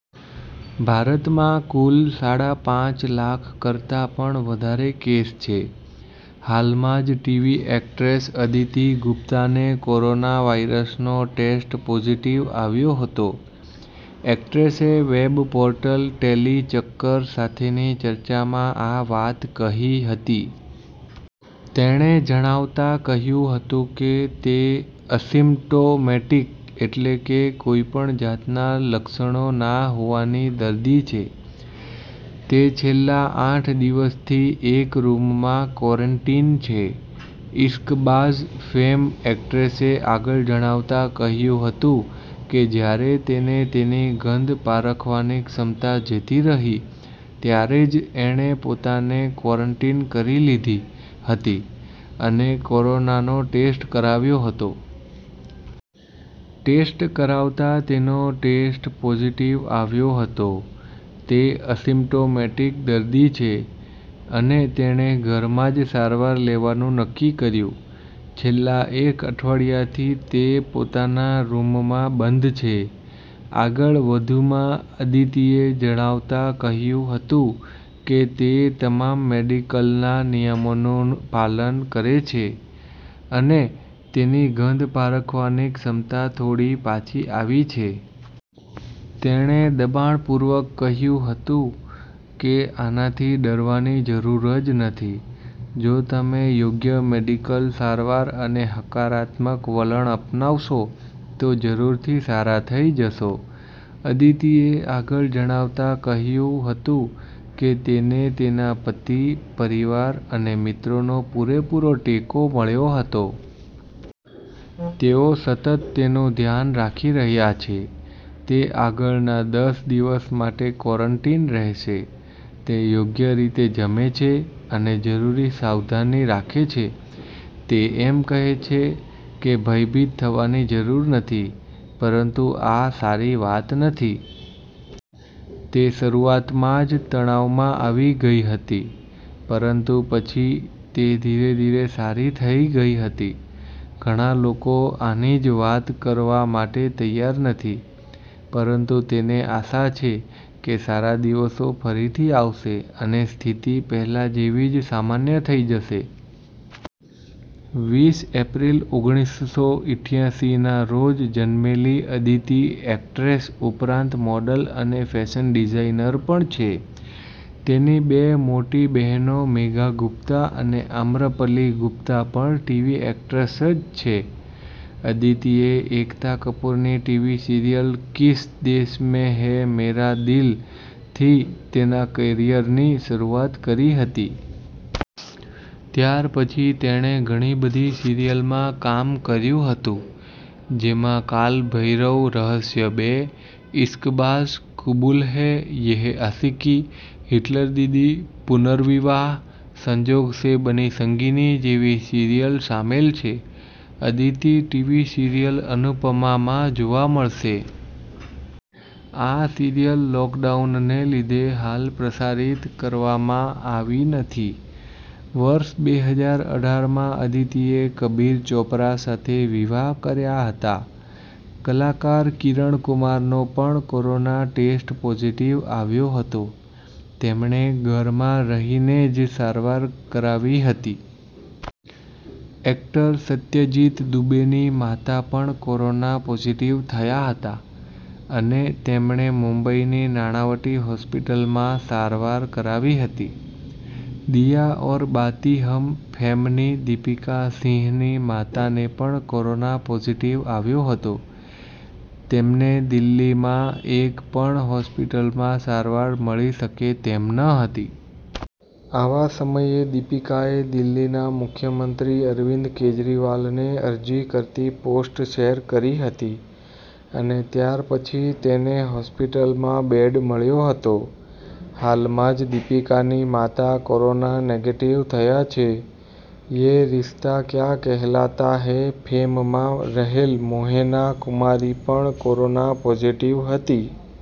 ભારતમાં કુલ સાડા પાંચ લાખ કરતાં પણ વધારે કેસ છે. હાલમાં જ ટીવી એક્ટ્રેસ અદિતી ગુપ્તાને કોરોના વાઈરસનો ટેસ્ટ પોઝિટિવ આવ્યો હતો. એક્ટ્રેસે વેબ પોર્ટલ ટેલિ ચક્કર સાથેની ચર્ચામાં આ વાત કહી હતી. તેણે જણાવતાં કહ્યું હતું, કે તે અસિમ્પ્ટોમેટિક એટલે કે કોઈપણ જાતના લક્ષણો ના હોવાની દર્દી છે. તે છેલ્લાં આઠ દિવસથી એક રૂમમાં ક્વૉરન્ટીન છે. 'ઈશ્કબાઝ' ફૅમ એક્ટ્રેસે આગળ જણાવતાં કહ્યું હતું, કે જ્યારે તેને તેની ગંધ પારખવાની ક્ષમતા જતી રહી, ત્યારે જ એણે પોતાને ક્વૉરન્ટીન કરી લીધી હતી, અને કોરોનાનો ટેસ્ટ કરાવ્યો હતો. ટેસ્ટ કરાવતાં તેનો ટેસ્ટ પોઝિટિવ આવ્યો હતો. તે અસિમ્પ્ટોમેટિક દર્દી છે, અને તેણે ઘરમાં જ સારવાર લેવાનું નક્કી કર્યું. છેલ્લાં એક અઠવાડિયાંથી તે પોતાના રૂમમાં બંધ છે. આગળ વધુમાં અદિતીએ જણાવતાં કહ્યું હતું, કે તે તમામ મેડિકલનાં નિયમોનું પાલન કરે છે, અને તેની ગંધ પારખવાની ક્ષમતા થોડી પાછી આવી છે. તેણે દબાણપૂર્વક કહ્યું હતું, કે આનાથી ડરવાની જરૂર જ નથી. જો તમે યોગ્ય મેડિકલ સારવાર અને હકારાત્મક વલણ અપનાવશો તો જરૂરથી સારા થઈ જશો. અદિતીએ આગળ જણાવતાં કહ્યું હતું, કે તેને તેનાં પતિ, પરિવાર અને મિત્રોનો પૂરેપુરો ટેકો મળ્યો હતો. તેઓ સતત તેનું ધ્યાન રાખી રહ્યાં છે. તે આગળનાં દસ દિવસ માટે ક્વૉરન્ટીન રહેશે. તે યોગ્ય રીતે જમે છે, અને જરૂરી સાવધાની રાખે છે. તે એમ કહે છે, કે ભયભીત થવાની જરૂર નથી, પરંતુ આ સારી વાત નથી. તે શરૂઆતમાં જ તણાવમાં આવી ગઈ હતી. પરંતુ પછી તે ધીરે-ધીરે સારી થઈ ગઈ હતી. ઘણાં લોકો આની જ વાત કરવા માટે તૈયાર નથી, પરંતુ તેને આશા છે, કે સારા દિવસો ફરીથી આવશે અને સ્થિતિ પહેલાં જેવી જ સામાન્ય થઈ જશે. વીસ એપ્રિલ, ઓગણીસસો ઈઠયાસીનાં રોજ જન્મેલી અદિતી એક્ટ્રેસ ઉપરાંત મોડેલ અને ફેશન ડિઝાઈનર પણ છે. તેની બે મોટી બહેનો મેઘા ગુપ્તા અને આમ્રપલી ગુપ્તા પણ ટીવી એક્ટ્રેસ જ છે. અદિતીએ એકતા કપૂરની ટીવી સિરિયલ 'કિસ દેશ મૈં હૈ મેરા દિલ'થી તેનાં કેરિયરની શરૂઆત કરી હતી. ત્યાર પછી તેણે ઘણીબધી સિરિયલમાં કામ કર્યું હતું, જેમાં 'કાલ ભૈરવ રહસ્ય બે', 'ઈશ્કબાઝ', 'કૂબૂલ હૈં', 'યે હૈં આશિકી', 'હિટલર દીદી', 'પુર્નવિવાહ', 'સંજોગ સે બની સંગીની' જેવી સીરીયલ સામેલ છે. અદિતી ટીવી સીરિયલ 'અનુપમા'માં જોવા મળશે. આ સિરિયલ લૉકડાઉનને લીધે હાલ પ્રસારિત કરવામાં આવી નથી. વર્ષ બે હજાર અઢારમાં અદિતીએ કબીર ચોપરા સાથે વિવાહ કર્યાં હતાં. કલાકાર કિરણ કુમારનો પણ કોરોના ટેસ્ટ પોઝિટિવ આવ્યો હતો. તેમણે ઘરમાં રહીને જ સારવાર કરાવી હતી. એક્ટર સત્યજીત દૂબેની માતા પણ કોરોના પોઝિટિવ થયાં હતાં, અને તેમણે મુંબઈની નાણાવટી હોસ્પિટલમાં સારવાર કરાવી હતી. 'દિયા ઔર બાતી હમ' ફૅમની દીપિકા સિંહની માતાને પણ કોરોના પોઝિટિવ આવ્યો હતો. તેમને દિલ્હીમાં એક પણ હોસ્પિટલમાં સારવાર મળી શકે તેમ ન હતી. આવાં સમયે દીપિકાએ દિલ્હીના મુખ્યમંત્રી અરવિંદ કેજરીવાલને અરજી કરતી પોસ્ટ શેર કરી હતી, અને ત્યાર પછી તેને હોસ્પિટલમાં બેડ મળ્યો હતો. હાલમાં જ દીપિકાની માતા કોરોના નેગેટિવ થયાં છે. 'યે રિશ્તા ક્યા કહેલાતા હૈં' ફૅમમાં રહેલ મોહેના કુમારી પણ કોરોના પોઝિટિવ હતી.